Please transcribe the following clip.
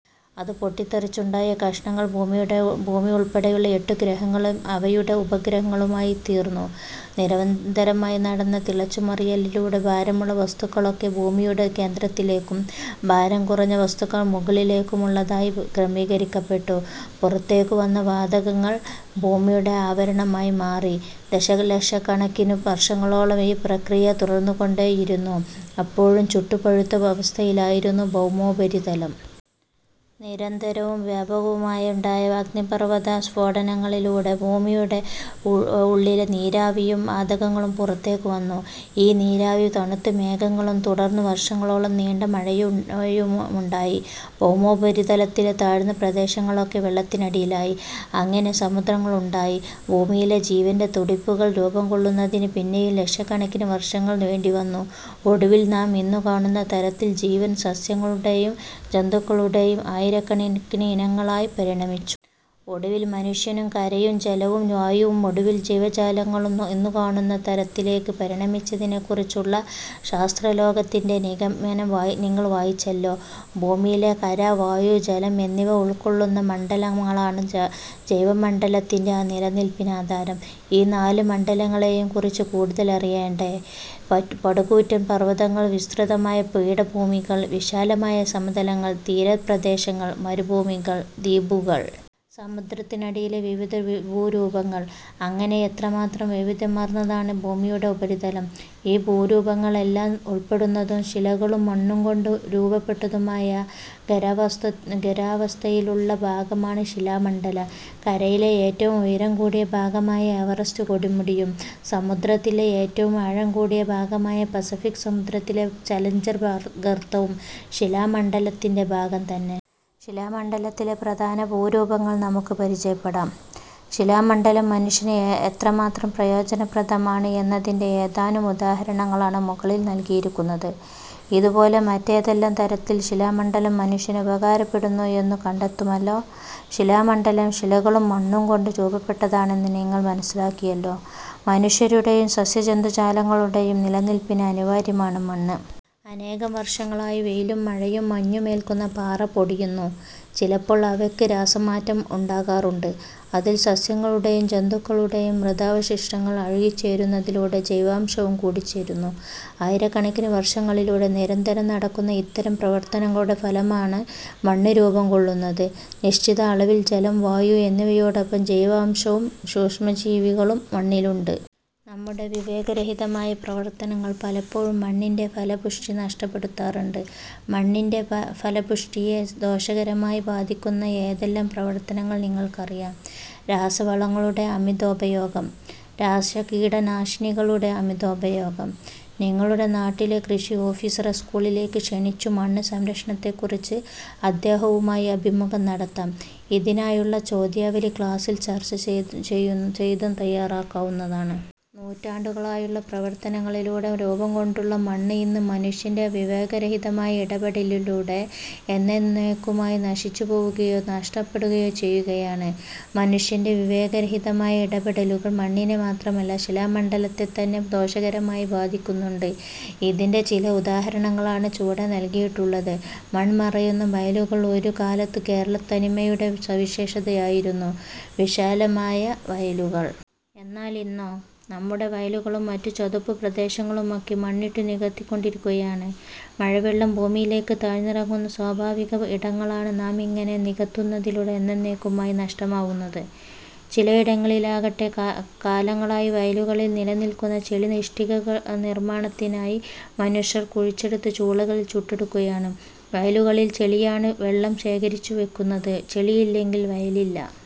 അത് പൊട്ടിത്തെറിച്ചുണ്ടായ കഷണങ്ങൾ ഭൂമിയുടെ ഭൂമി ഉൾപ്പെടെയുള്ള എട്ടു ഗ്രഹങ്ങളും അവയുടെ ഉപഗ്രഹങ്ങളുമായിത്തീർന്നു. നിരന്തരമായി നടന്ന തിളച്ചുമറിയലിലൂടെ ഭാരമുള്ള വസ്തുക്കളൊക്കെ ഭൂമിയുടെ കേന്ദ്രത്തിലേക്കും ഭാരം കുറഞ്ഞ വസ്തുക്കൾ മുകളിലേക്കുമുള്ളതായി ക്രമീകരിക്കപ്പെട്ടു. പുറത്തേക്കു വന്ന വാതകങ്ങൾ ഭൂമിയുടെ ആവരണമായി മാറി. ദശലക്ഷക്കണക്കിനു വർഷങ്ങളോളം ഈ പ്രക്രിയ തുടർന്നുകൊണ്ടേയിരുന്നു. അപ്പോഴും ചുട്ടുപഴുത്ത അവസ്ഥയിലായിരുന്നു ഭൗമോപരിതലം. നിരന്തരവും വ്യാപകവുമായുണ്ടായ അഗ്നിപർവ്വത സ്ഫോടനങ്ങളിലൂടെ ഭൂമിയുടെ ഉള്ളിലെ നീരാവിയും വാതകങ്ങളും പുറത്തേക്കുവന്നു. ഈ നീരാവി തണുത്ത് മേഘങ്ങളും തുടർന്ന് വർഷങ്ങളോളം നീണ്ട മഴയും മഴയുമുണ്ടായി. ഭൗമോപരിതലത്തിലെ താഴ്ന്ന പ്രദേശങ്ങളൊക്കെ വെള്ളത്തിനടിയിലായി. അങ്ങനെ സമുദ്രങ്ങളുണ്ടായി. ഭൂമിയിൽ ജീവന്റെ തുടിപ്പുകൾ രൂപംകൊള്ളുന്നതിന് പിന്നെയും ലക്ഷക്കണക്കിന് വർഷങ്ങൾ വേണ്ടിവന്നു. ഒടുവിൽ നാം ഇന്നു കാണുന്ന തരത്തിൽ ജീവൻ, സസ്യങ്ങളുടെയും ജന്തുക്കളുടെയും ആയിരക്കണക്കിന് ഇനങ്ങളായി പരിണമിച്ചു... ഒടുവിൽ മനുഷ്യനും. കരയും ജലവും വായുവും ഒടുവിൽ ജീവജാലങ്ങളും ഇന്നു കാണുന്ന തരത്തിലേക്ക് പരിണമിച്ചതിനെക്കുറിച്ചുള്ള ശാസ്ത്രലോകത്തിന്റെ നിഗമനം നിങ്ങൾ വായിച്ചല്ലോ. ഭൂമിയിലെ കര, വായു, ജലം എന്നിവ ഉൾക്കൊള്ളുന്ന മണ്ഡലങ്ങളാണ് ജൈവമണ്ഡലത്തിന്റെ നിലനിൽപ്പിനാധാരം. ഈ നാല് മണ്ഡലങ്ങളെയും കുറിച്ച് കൂടുതൽ അറിയണ്ടേ? പടുകൂറ്റൻ പർവ്വതങ്ങൾ, വിസ്തൃതമായ പീഠഭൂമികൾ, വിശാലമായ സമതലങ്ങൾ, തീര പ്രദേശങ്ങൾ, മരുഭൂമികൾ, ദ്വീപുകൾ... സമുദ്രത്തിനടിയിലെ വിവിധ ഭൂരൂപങ്ങൾ... അങ്ങനെ എത്രമാത്രം വൈവിധ്യമാർന്നതാണ് ഭൂമിയുടെ ഉപരിതലം! ഈ ഭൂരൂപങ്ങളെല്ലാം ഉൾപ്പെടുന്നതും ശിലകളും മണ്ണും കൊണ്ട് രൂപപ്പെട്ടിരിക്കുന്നതുമായ ഖരാവസ്ഥയിലുള്ള ഭാഗമാണ് ശിലാമണ്ഡലം. കരയിലെ ഏറ്റവും ഉയരം കൂടിയ ഭാഗമായ എവറസ്റ്റ് കൊടുമുടിയും സമുദത്തിലെ ഏറ്റവും ആഴം കൂടിയ ഭാഗമായ പസഫിക് സമുദ്രത്തിലെ ചലഞ്ചർ ഗർത്തവും ശിലാമണ്ഡലത്തിന്റെ ഭാഗം തന്നെ! ശിലാമണ്ഡലത്തിലെ പ്രധാന ഭൂരൂപങ്ങൾ നമുക്ക് പരിചയപ്പെടാം. ശിലാമണ്ഡലം മനുഷ്യന് എത്രമാത്രം പ്രയോജനപ്രദമാണ് എന്നതിന്റെ ഏതാനും ഉദാഹരണങ്ങളാണ് മുകളിൽ നൽകിയിരിക്കുന്നത്. ഇതുപോലെ മറ്റേതെല്ലാം തരത്തിൽ ശിലാമണ്ഡലം മനുഷ്യന് ഉപകാരപ്പെടുന്നു എന്നു കണ്ടെത്തുമല്ലോ. ശിലാമണ്ഡലം ശിലകളും മണ്ണും കൊണ്ട് രൂപപ്പെട്ടതാണെന്ന് നിങ്ങൾ മനസ്സിലാക്കിയല്ലോ. മനുഷ്യരുടെയും സസ്യജന്തുജാലങ്ങളുടെയും നിലനിൽപ്പിന് അനിവാര്യമാണ് മണ്ണ്. അനേകവർഷങ്ങളായി വെയിലും മഴയും മഞ്ഞുമേൽക്കുന്ന പാറ പൊടിയുന്നു. ചിലപ്പോൾ അവയ്ക്ക് രാസമാറ്റവും ഉണ്ടാകാറുണ്ട്. അതിൽ സസ്യങ്ങളുടെയും ജന്തുക്കളുടെയും മൃതാവശിഷ്ടങ്ങൾ അഴുകിച്ചേരുന്നതിലൂടെ ജൈവാംശവും കൂടിച്ചേരുന്നു. ആയിരക്കണക്കിന് വർഷങ്ങളിലൂടെ നിരന്തരം നടക്കുന്ന ഇത്തരം പ്രവർത്തനങ്ങളുടെ ഫലമായാണ് മണ്ണ് രൂപംകൊള്ളുന്നത്. നിശ്ചിത അളവിൽ ജലം, വായു എന്നിവയോടൊപ്പം ജൈവാംശവും സൂക്ഷ്മജീവികളും മണ്ണിലുണ്ട്. നമ്മുടെ വിവേകരഹിതമായ പ്രവർത്തനങ്ങൾ പലപ്പോഴും മണ്ണിന്റെ ഫലപുഷ്ടി നഷ്ടപ്പെടുത്താറുണ്ട്. മണ്ണിന്റെ ഫലപുഷ്ടിയെ ദോഷകരമായി ബാധിക്കുന്ന ഏതെല്ലാം പ്രവർത്തനങ്ങൾ നിങ്ങൾക്കറിയാം? രാസവളങ്ങളുടെ അമിതോപയോഗം. രാസകീടനാശിനികളുടെ അമിതോപയോഗം. നിങ്ങളുടെ നാട്ടിലെ കൃഷി ഓഫീസറെ സ്കൂളിലേക്ക് ക്ഷണിച്ചു മണ്ണ് സംരക്ഷണത്തെക്കുറിച്ച് അദ്ദേഹവുമായി അഭിമുഖം നടത്താം. ഇതിനായുള്ള ചോദ്യാവലി ക്ലാസിൽ ചർച്ച ചെയ്ത് തയ്യാറാക്കാവുന്നതാണ്. നൂറ്റാണ്ടുകളായുള്ള പ്രവർത്തനങ്ങളിലൂടെ രൂപംകൊണ്ടിട്ടുള്ള മണ്ണ് ഇന്ന് മനുഷ്യന്റെ വിവേകരഹിതമായ ഇടപെടലുകളിലൂടെ എന്നെന്നേയ്ക്കുമായി നശിച്ചുപോകുകയോ നഷ്ടപ്പെടുകയോ ചെയ്യുകയാണ്. മനുഷ്യന്റെ വിവേകരഹിതമായ ഇടപെടലുകൾ മണ്ണിനെ മാത്രമല്ല ശിലാമണ്ഡലത്തെത്തന്നെ ദോഷകരമായി ബാധിക്കുന്നുണ്ട്. ഇതിന്റെ ചില ഉദാഹരണങ്ങളാണ് ചുവടെ നൽകിയിട്ടുള്ളത്. മൺമറയുന്ന വയലുകൾ. ഒരു കാലത്ത് കേരളത്തനിമയുടെ സവിശേഷതയായിരുന്നു വിശാലമായ വയലുകൾ. എന്നാലിന്നോ? നമ്മുടെ വയലുകളും മറ്റു ചതുപ്പുപ്രദേശങ്ങളുമൊക്കെ മണ്ണിട്ടു നികത്തിക്കൊണ്ടിരിക്കുകയാണ്. മഴവെള്ളം ഭൂമിയിലേക്ക് താഴ്ന്നിറങ്ങുന്ന സ്വാഭാവിക ഇടങ്ങളാണ് നാമിങ്ങനെ നികത്തുന്നതിലൂടെ എന്നെന്നേയ്ക്കുമായി നഷ്ടമാകുന്നത്. ചിലയിടങ്ങളിലാകട്ടെ കാലങ്ങളായി വയലുകളിൽ നിലനിൽക്കുന്ന ചെളി ഇഷ്ടിക നിർമ്മാണത്തിനായി മനുഷ്യർ കുഴിച്ചെടുത്ത് ചൂളകളിൽ ചുട്ടെടുക്കുകയാണ്. വയലുകളിൽ ചെളിയാണ് വെള്ളം ശേഖരിച്ചു വയ്ക്കുന്നത്. ചെളിയില്ലെങ്കിൽ വയലില്ല.